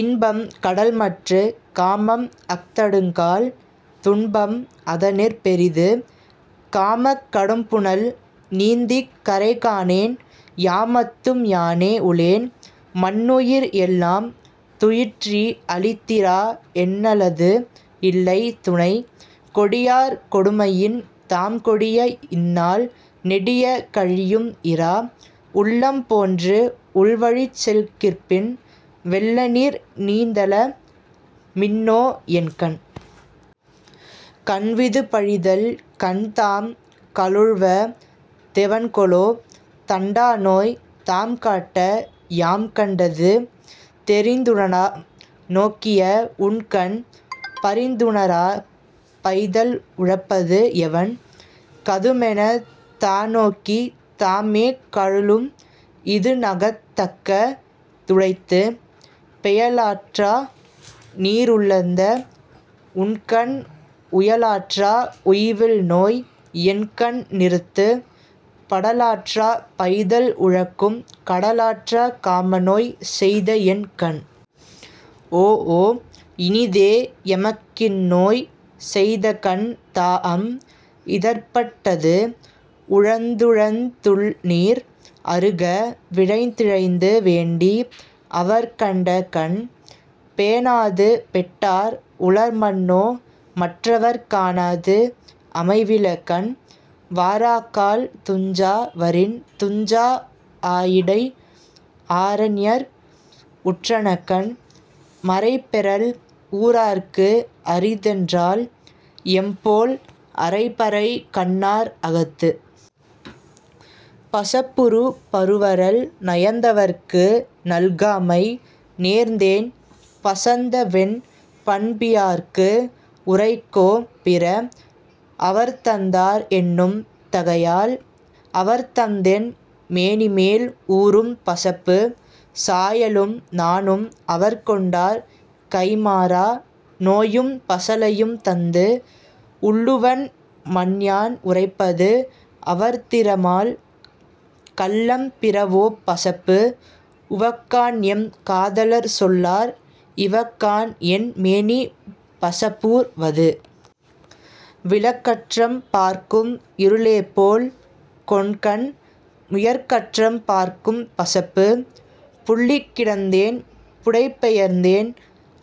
இன்பம் கடல்மற்றுக் காமம் அஃதடுங்கால் துன்பம் அதனிற் பெரிது. காமக் கடும்புனல் நீந்திக் கரைகாணேன் யாமத்தும் யானே உளேன். மன்னுயிர் எல்லாம் துயிற்றி அளித்திரா என்னல்லது இல்லை துணை. கொடியார் கொடுமையின் தாம்கொடிய இந்நாள் நெடிய கழியும் இரா. உள்ளம்போன்று உள்வழிச் செல்கிற்பின் வெள்ளநீர் நீந்தல மின்னோஎன் கண்.. கண்விதுப்பழிதல் கண்தாம் கலுழ்வ தெவன்கொலோ தண்டாநோய் தாம்காட்ட யாம்கண் டது. தெரிந்துணரா நோக்கிய உண்கண் பரிந்துணராப் பைதல் உழப்பது எவன்? கதுமெனத் தாநோக்கித் தாமே கலுழும் இதுநகத் தக்க துடைத்து. பெயலாற்றா நீருலந்த உண்கண் உயலாற்றா உய்வில்நோய் என்கண் நிறுத்து. படலாற்றா பைதல் உழக்கும் கடலாற்றாக் காமநோய் செய்தஎன் கண். ஓஒ இனிதே எமக்கிந்நோய் செய்தகண் தாஅம் இதற்பட் டது. உழந்துழந் துள்நீர் அறுக விழைந்திழைந்து வேண்டி அவர்க்கண்ட கண். பேணாது பெட்டார் உளர்மன்னோ மற்றவர்க் காணாது அமைவில கண். வாராக்கால் துஞ்சா வரின்துஞ்சா ஆயிடை ஆரஞர் உற்றன கண். மறைபெறல் ஊரார்க்கு அரிதன்றால் எம்போல் அறைபறை கண்ணார் அகத்து.. பசப்புறுபருவரல் நயந்தவர்க்கு நல்காமை நேர்ந்தேன் பசந்தவென் பண்பியார்க்கு உரைக்கோ பிற. அவர்தந்தார் என்னும் தகையால் இவர்தந்தென் மேனிமேல் ஊரும் பசப்பு. சாயலும் நாணும் அவர்கொண்டார் கைம்மாறா நோயும் பசலையும் தந்து. உள்ளுவன் மன்யான் உரைப்பது அவர்திறமால் கள்ளம் பிறவோ பசப்பு. உவக்காண்எம் காதலர் செல்வார் இவக்காண்என் மேனி பசப்பூர் வது. விளக்கற்றம் பார்க்கும் இருளேபோல் கொண்கன் முயக்கற்றம் பார்க்கும் பசப்பு. புல்லிக் கிடந்தேன் புடைபெயர்ந்தேன்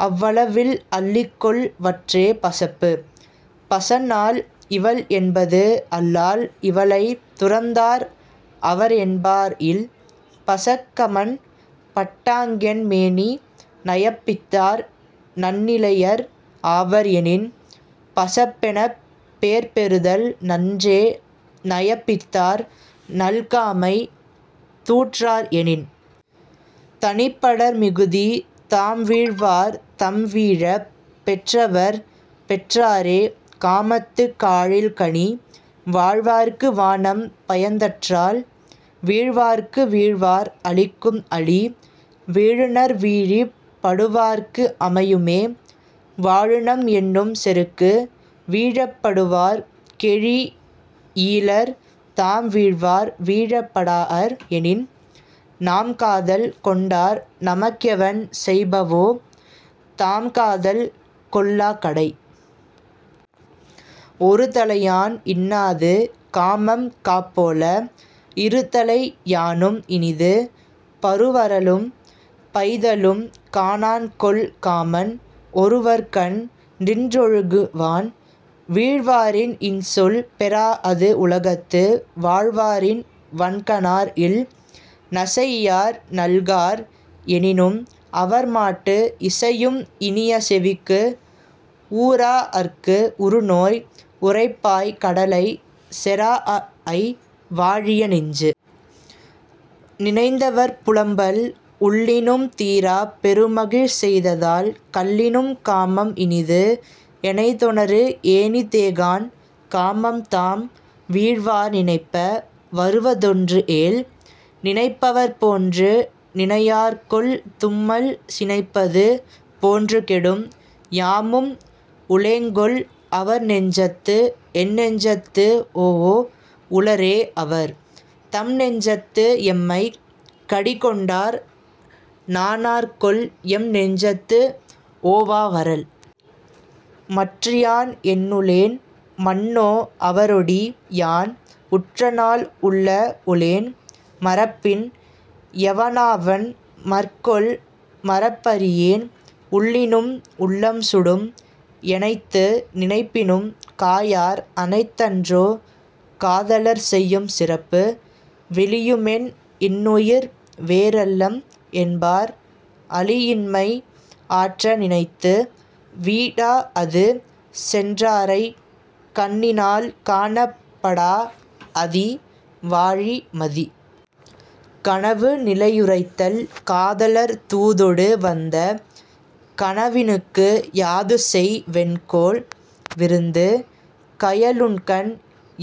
அவ்வளவில் அள்ளிக்கொள் வற்றே பசப்பு. பசந்தாள் இவள்என்பது அல்லால் இவளைத் துறந்தார் அவர்என்பார் இல். பசக்கமன் பட்டாங்கென் மேனி நயப்பித்தார் நன்னிலையர் ஆவர் எனின். பசப்பெனப் பேர்பெறுதல் நன்றே நயப்பித்தார் நல்காமை தூற்றார் எனின்.. தனிப்படர்மிகுதி தாம்வீழ்வார் தம்வீழப் பெற்றவர் பெற்றாரே காமத்துக் காழில் கனி. வாழ்வார்க்கு வானம் பயந்தற்றால் வீழ்வார்க்கு வீழ்வார் அளிக்கும் அளி. வீழுநர் வீழப் படுவார்க்கு அமையுமே வாழுநம் என்னும் செருக்கு. வீழப் படுவார் கெழீஇயிலர் தாம்வீழ்வார் வீழப் படாஅர் எனின். நாம்காதல் கொண்டார் நமக்கெவன் செய்பவோ தாம்காதல் கொள்ளாக் கடை. ஒருதலையான் இன்னாது காமம்காப் போல இருதலை யானும் இனிது. பருவரலும் பைதலும் காணான்கொல் காமன் ஒருவர்கண் நின்றொழுகு வான். வீழ்வாரின் இன்சொல் பெறாஅது உலகத்து வாழ்வாரின் வன்கணார் இல். நசைஇயார் நல்கார் எனினும் அவர்மாட்டு இசையும் இனிய செவிக்கு. ஊறாஅர்க்கு உறுநோய் உரைப்பாய் கடலைச் செறாஅஅய் வாழிய நெஞ்சு.. நினைந்தவர்புலம்பல் உள்ளினும் தீராப் பெருமகிழ் செய்தலால் கள்ளினும் காமம் இனிது. எனைத்தொனறு ஏனிதேகாண் காமம்தாம் வீழ்வார் நினைப்ப வருவதொன்று ஏல். நினைப்பவர் போன்று நினையார்கொல் தும்மல் சினைப்பது போன்று கெடும். யாமும் உளேங்கொல் அவர்நெஞ்சத்து எந்நெஞ்சத்து ஓஒ உளரே அவர். தம்நெஞ்சத்து எம்மைக் கடிகொண்டார் நாணார்கொல் எம்நெஞ்சத்து ஓவா வரல். மற்றியான் என்னுளேன் மன்னோ அவரொடி யான் உற்றநாள் உள்ள உளேன். மறப்பின் எவனாவன் மற்கொல் மறப்பறியேன் உள்ளினும் உள்ளம் சுடும். எனைத்து நினைப்பினும் காயார் அனைத்தன்றோ காதலர் செய்யும் சிறப்பு. விளியுமென் இன்னுயிர் வேறல்லம் என்பார் அளியின்மை ஆற்ற நினைந்து. வீடாஅது சென்றாரைக் கண்ணினால் காணப் படாஅதி வாழி மதி.. கனவுநிலையுரைத்தல் காதலர் தூதொடு வந்த கனவினுக்கு யாதுசெய் வென்கொல் விருந்து. கயலுண்கண்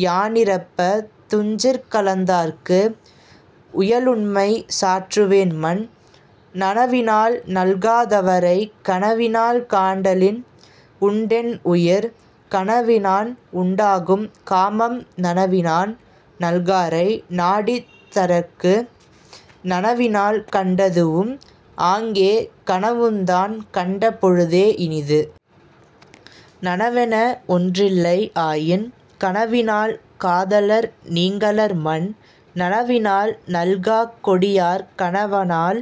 யானிரப்பத் துஞ்சிற் கலந்தார்க்கு உயலுண்மை சாற்றுவேன் மன். நனவினால் நல்கா தவரைக் கனவினால் காண்டலின் உண்டென் உயிர். கனவினான் உண்டாகும் காமம் நனவினான் நல்காரை நாடித் தரற்கு. நனவினால் கண்டதூஉம் ஆங்கே கனவுந்தான் கண்ட பொழுதே இனிது. நனவென ஒன்றில்லை ஆயின் கனவினால் காதலர் நீங்கலர் மன். நனவினால் நல்காக் கொடியார் கனவனால்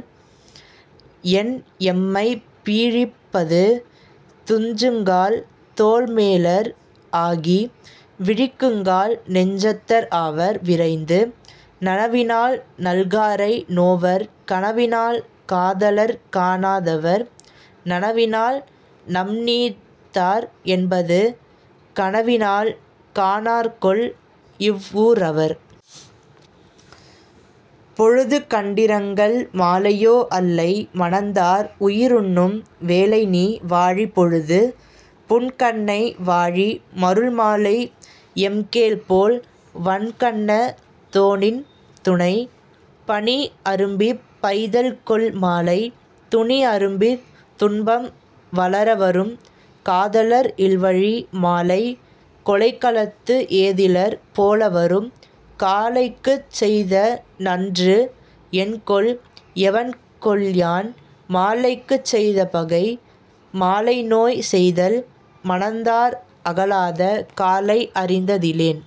என்எம்மைப் பீழிப் பது. துஞ்சுங்கால் தோள்மேலர் ஆகி விழிக்குங்கால் நெஞ்சத்தர் ஆவர் விரைந்து. நனவினால் நல்காரை நோவர் கனவினால் காதலர்க் காணா தவர். நனவினால் நம்நீத்தார் என்பர் கனவினால் காணார்கொல் இவ்வூ ரவர்.. பொழுதுகண்டிரங்கல் மாலையோ அல்லை மணந்தார் உயிருண்ணும் வேலைநீ வாழி பொழுது. புன்கண்ணை வாழி மருள்மாலை எம்கேள்போல் வன்கண்ண தோநின் துணை. பனிஅரும்பிப் பைதல்கொள் மாலை துனிஅரும்பித் துன்பம் வளர வரும். காதலர் இல்வழி மாலை கொலைக்களத்து ஏதிலர் போல வரும். காலைக்குச் செய்தநன்று என்கொல் எவன்கொல்யான் மாலைக்குச் செய்த பகை? மாலைநோய் செய்தல் மணந்தார் அகலாத காலை அறிந்த திலேன்.